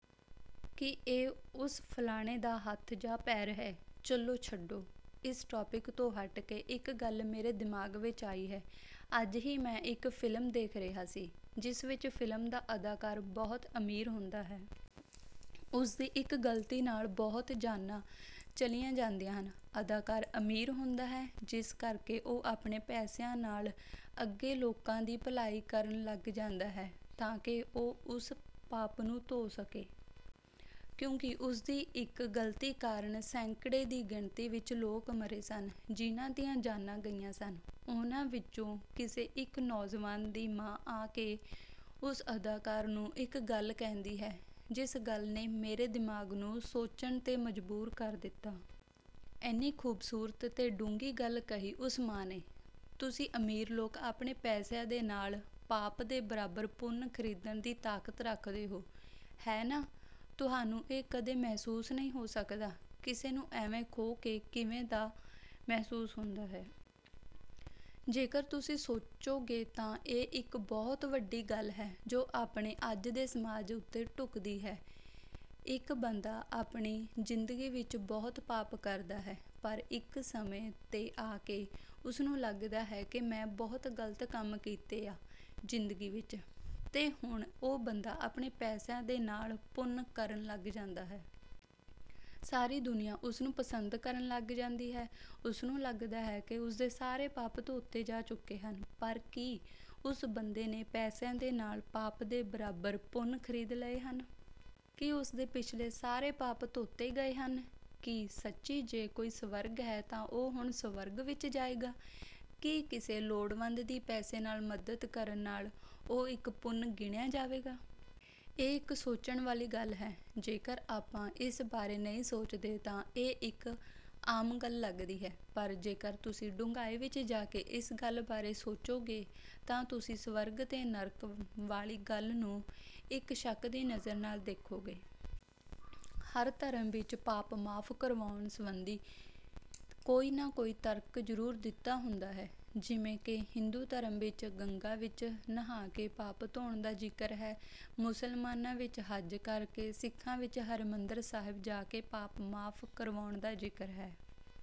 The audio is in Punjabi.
ਕੀ ਇਹ ਉਸ ਫਲਾਣੇ ਦਾ ਹੱਥ ਜਾਂ ਪੈਰ ਹੈ? ਚੱਲੋ ਛੱਡੋ, ਇਸ ਟੋਪੀਕ ਤੋਂ ਹੱਟ ਕੇ ਇੱਕ ਗੱਲ ਮੇਰੇ ਦਿਮਾਗ ਵਿੱਚ ਆਈ ਹੈ। ਅੱਜ ਹੀ ਮੈਂ ਇੱਕ ਫਿਲਮ ਦੇਖ ਰਿਹਾ ਸੀ, ਜਿਸ ਵਿੱਚ ਫਿਲਮ ਦਾ ਅਦਾਕਾਰ ਬਹੁਤ ਅਮੀਰ ਹੁੰਦਾ ਹੈ। ਉਸਦੀ ਇੱਕ ਗਲਤੀ ਨਾਲ ਬਹੁਤ ਜਾਨਾਂ ਚਲੀਆਂ ਜਾਂਦੀਆਂ ਹਨ। ਅਦਾਕਾਰ ਅਮੀਰ ਹੁੰਦਾ ਹੈ, ਜਿਸ ਕਰਕੇ ਉਹ ਆਪਣੇ ਪੈਸਿਆਂ ਨਾਲ ਅੱਗੇ ਲੋਕਾਂ ਦੀ ਭਲਾਈ ਕਰਨ ਲੱਗ ਜਾਂਦਾ ਹੈ, ਤਾਂ ਕਿ ਉਹ ਉਸ ਪਾਪ ਨੂੰ ਧੋ ਸਕੇ। ਕਿਉਂਕਿ ਉਸਦੀ ਇੱਕ ਗਲਤੀ ਕਾਰਨ ਸੈਂਕੜੇ ਦੀ ਗਿਣਤੀ ਵਿੱਚ ਲੋਕ ਮਰੇ ਸਨ। ਜਿਨ੍ਹਾਂ ਦੀਆਂ ਜਾਨਾਂ ਗਈਆਂ ਸਨ, ਉਹਨਾਂ ਵਿੱਚੋਂ ਕਿਸੇ ਇੱਕ ਨੌਜਵਾਨ ਦੀ ਮਾਂ ਆ ਕੇ ਉਸ ਅਦਾਕਾਰ ਨੂੰ ਇੱਕ ਗੱਲ ਕਹਿੰਦੀ ਹੈ, ਜਿਸ ਗੱਲ ਨੇ ਮੇਰੇ ਦਿਮਾਗ ਨੂੰ ਸੋਚਣ ਤੇ ਮਜਬੂਰ ਕਰ ਦਿੱਤਾ। ਏਨੀ ਖੂਬਸੂਰਤ ਤੇ ਡੂੰਘੀ ਗੱਲ ਕਹੀ ਉਸ ਮਾਂ ਨੇ, "ਤੁਸੀਂ ਅਮੀਰ ਲੋਕ ਆਪਣੇ ਪੈਸਿਆਂ ਦੇ ਨਾਲ ਪਾਪ ਦੇ ਬਰਾਬਰ ਪੁੰਨ ਖਰੀਦਣ ਦੀ ਤਾਕਤ ਰੱਖਦੇ ਹੋ, ਹੈ ਨਾ? ਤੁਹਾਨੂੰ ਇਹ ਕਦੇ ਮਹਿਸੂਸ ਨਹੀਂ ਹੋ ਸਕਦਾ, ਕਿਸੇ ਨੂੰ ਏਵੇਂ ਖੋ ਕੇ ਕਿਵੇਂ ਦਾ ਮਹਿਸੂਸ ਹੁੰਦਾ ਹੈ।" ਜੇਕਰ ਤੁਸੀਂ ਸੋਚੋਗੇ ਤਾਂ ਇਹ ਇੱਕ ਬਹੁਤ ਵੱਡੀ ਗੱਲ ਹੈ, ਜੋ ਆਪਣੇ ਅੱਜ ਦੇ ਸਮਾਜ ਉੱਤੇ ਢੁੱਕਦੀ ਹੈ। ਇੱਕ ਬੰਦਾ ਆਪਣੀ ਜ਼ਿੰਦਗੀ ਵਿੱਚ ਬਹੁਤ ਪਾਪ ਕਰਦਾ ਹੈ, ਪਰ ਇੱਕ ਸਮੇਂ ਤੇ ਆ ਕੇ ਉਸਨੂੰ ਲੱਗਦਾ ਹੈ ਕਿ ਮੈਂ ਬਹੁਤ ਗਲਤ ਕੰਮ ਕੀਤੇ ਆ ਜ਼ਿੰਦਗੀ ਵਿੱਚ, ਤੇ ਹੁਣ ਉਹ ਬੰਦਾ ਆਪਣੇ ਪੈਸਿਆਂ ਦੇ ਨਾਲ ਪੁੰਨ ਕਰਨ ਲੱਗ ਜਾਂਦਾ ਹੈ। ਸਾਰੀ ਦੁਨੀਆਂ ਉਸਨੂੰ ਪਸੰਦ ਕਰਨ ਲੱਗ ਜਾਂਦੀ ਹੈ। ਉਸਨੂੰ ਲੱਗਦਾ ਹੈ ਕਿ ਉਸਦੇ ਸਾਰੇ ਪਾਪ ਧੋਤੇ ਜਾ ਚੁੱਕੇ ਹਨ। ਪਰ ਕੀ ਉਸ ਬੰਦੇ ਨੇ ਪੈਸਿਆਂ ਦੇ ਨਾਲ ਪਾਪ ਦੇ ਬਰਾਬਰ ਪੁੰਨ ਖਰੀਦ ਲਏ ਹਨ? ਕੀ ਉਸਦੇ ਪਿਛਲੇ ਸਾਰੇ ਪਾਪ ਧੋਤੇ ਗਏ ਹਨ? ਕੀ ਸੱਚੀ ਜੇ ਕੋਈ ਸਵਰਗ ਹੈ ਤਾਂ ਉਹ ਹੁਣ ਸਵਰਗ ਵਿੱਚ ਜਾਏਗਾ? ਕੀ ਕਿਸੇ ਲੋੜਵੰਦ ਦੀ ਪੈਸੇ ਨਾਲ ਮਦਦ ਕਰਨ ਨਾਲ ਉਹ ਇੱਕ ਪੁੰਨ ਗਿਣਿਆ ਜਾਵੇਗਾ? ਇਹ ਇੱਕ ਸੋਚਣ ਵਾਲੀ ਗੱਲ ਹੈ। ਜੇਕਰ ਆਪਾਂ ਇਸ ਬਾਰੇ ਨਹੀਂ ਸੋਚਦੇ ਤਾਂ ਇਹ ਇੱਕ ਆਮ ਗੱਲ ਲੱਗਦੀ ਹੈ, ਪਰ ਜੇਕਰ ਤੁਸੀਂ ਡੂੰਘਾਈ ਵਿੱਚ ਜਾ ਕੇ ਇਸ ਗੱਲ ਬਾਰੇ ਸੋਚੋਗੇ ਤਾਂ ਤੁਸੀਂ ਸਵਰਗ ਤੇ ਨਰਕ ਵਾਲੀ ਗੱਲ ਨੂੰ ਇੱਕ ਸ਼ੱਕ ਦੀ ਨਜ਼ਰ ਨਾਲ ਦੇਖੋਗੇ। ਹਰ ਧਰਮ ਵਿੱਚ ਪਾਪ ਮਾਫ਼ ਕਰਵਾਉਣ ਸਬੰਧੀ ਕੋਈ ਨਾ ਕੋਈ ਤਰਕ ਜ਼ਰੂਰ ਦਿੱਤਾ ਹੁੰਦਾ ਹੈ। ਜਿਵੇਂ ਕਿ ਹਿੰਦੂ ਧਰਮ ਵਿੱਚ ਗੰਗਾ ਵਿੱਚ ਨਹਾ ਕੇ ਪਾਪ ਧੋਣ ਦਾ ਜ਼ਿਕਰ ਹੈ, ਮੁਸਲਮਾਨਾਂ ਵਿੱਚ ਹੱਜ ਕਰਕੇ, ਸਿੱਖਾਂ ਵਿੱਚ ਹਰਿਮੰਦਰ ਸਾਹਿਬ ਜਾ ਕੇ ਪਾਪ ਮਾਫ਼ ਕਰਵਾਉਣ ਦਾ ਜ਼ਿਕਰ ਹੈ।